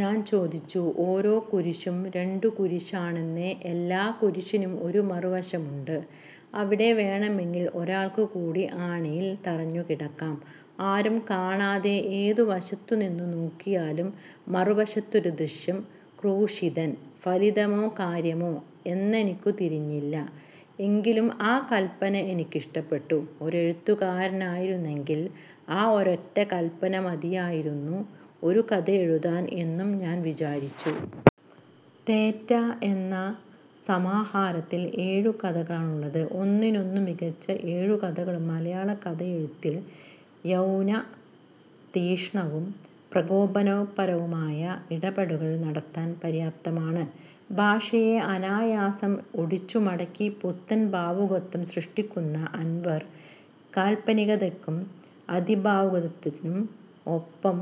ഞാൻ ചോദിച്ചു. ഓരോ കുരിശും രണ്ടു കുരിശാണെന്നേ. എല്ലാ കുരിശിനും ഒരു മറുവശവുമുണ്ട്. അവിടെ വേണമെങ്കിൽ ഒരാൾക്കു കൂടി ആണിയിൽ തറഞ്ഞുകിടക്കാം; ആരും കാണാതെ. ഏതു വശത്തുനിന്നു നോക്കിയാലും മറുവശത്തൊരദൃശ്യ ക്രൂശിതൻ. ഫലിതമോ കാര്യമോ എന്നെനിക്കു തിരിഞ്ഞില്ല. എങ്കിലും ആ കൽപന എനിക്കിഷ്ടപ്പെട്ടു. ഒരെഴുത്തുകാരനായിരുന്നെങ്കിൽ, ആ ഒരൊറ്റ കൽപന മതിയായിരുന്നു, ഒരു കഥയെഴുതാൻ എന്നും ഞാൻ വിചാരിച്ചു. തേറ്റ എന്ന സമാഹാരത്തിൽ ഏഴു കഥകളാണുള്ളത്. ഒന്നിനൊന്നു മികച്ച ഏഴു കഥകളും മലയാള കഥയെഴുത്തിൽ യൗവനതീക്ഷ്ണവും പ്രകോപനപരവുമായ ഇടപെടലുകൾ നടത്താൻ പര്യാപ്തമാണ്. ഭാഷയെ അനായാസം ഒടിച്ചുമടക്കി പുത്തൻ ഭാവുകത്വം സൃഷ്ടിക്കുന്ന അൻവർ, കാൽപനികതയ്ക്കും അതിഭാവുകത്വത്തിനും ഒപ്പം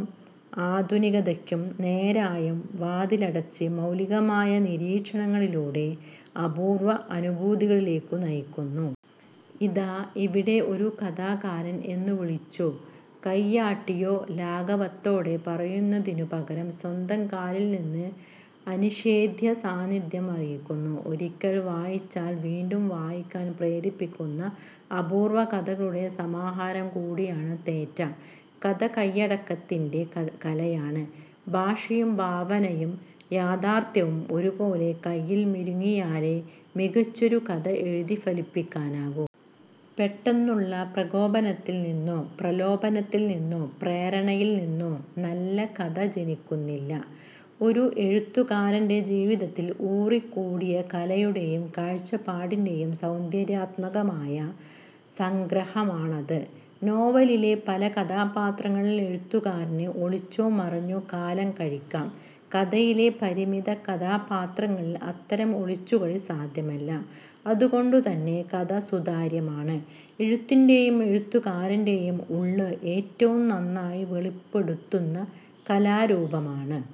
ആധുനികതയ്ക്കു നേരെയും വാതിലടച്ച്, മൗലികമായ നിരീക്ഷണങ്ങളിലൂടെ അപൂർവ അനുഭൂതികളിലേക്കു നയിക്കുന്നു. ഇതാ, ഇവിടെ ഒരു കഥാകാരൻ എന്നു വിളിച്ചോ കയ്യാട്ടിയോ ലാഘവത്തോടെ പറയുന്നതിനു പകരം, സ്വന്തം കാലിൽ നിന്ന് അനിഷേധ്യ സാന്നിധ്യം അറിയിക്കുന്നു. ഒരിക്കൽ വായിച്ചാൽ വീണ്ടും വായിക്കാൻ പ്രേരിപ്പിക്കുന്ന അപൂർവ കഥകളുടെ സമാഹാരം കൂടിയാണു തേറ്റ. കഥ കയ്യടക്കത്തിന്റെ കലയാണ്. ഭാഷയും ഭാവനയും യാഥാർഥ്യവും ഒരുപോലെ കയ്യിൽ മെരുങ്ങിയാലേ മികച്ചൊരു കഥ എഴുതി ഫലിപ്പിക്കാനാവൂ. പെട്ടെന്നുള്ള പ്രകോപനത്തിൽ നിന്നോ, പ്രലോഭനത്തിൽ നിന്നോ, പ്രേരണയിൽ നിന്നോ നല്ല കഥ ജനിക്കുന്നില്ല. ഒരു എഴുത്തുകാരന്റെ ജീവിതത്തിൽ ഊറിക്കൂടിയ കലയുടെയും കാഴ്ചപ്പാടിന്റെയും സൗന്ദര്യാത്മകമായ സംഗ്രഹമാണത്. നോവലിലെ പല കഥാപാത്രങ്ങളിൽ എഴുത്തുകാരന് ഒളിച്ചോ മറഞ്ഞോ കാലം കഴിക്കാം. കഥയിലെ പരിമിത കഥാപാത്രങ്ങളിൽ അത്തരം ഒളിച്ചുകളി സാധ്യമല്ല. അതുകൊണ്ടുതന്നെ കഥ സുതാര്യമാണ്, എഴുത്തിന്റെയും എഴുത്തുകാരന്റെയും ഉള്ള് ഏറ്റവും നന്നായി വെളിപ്പെടുത്തുന്ന കലാരൂപമാണ്.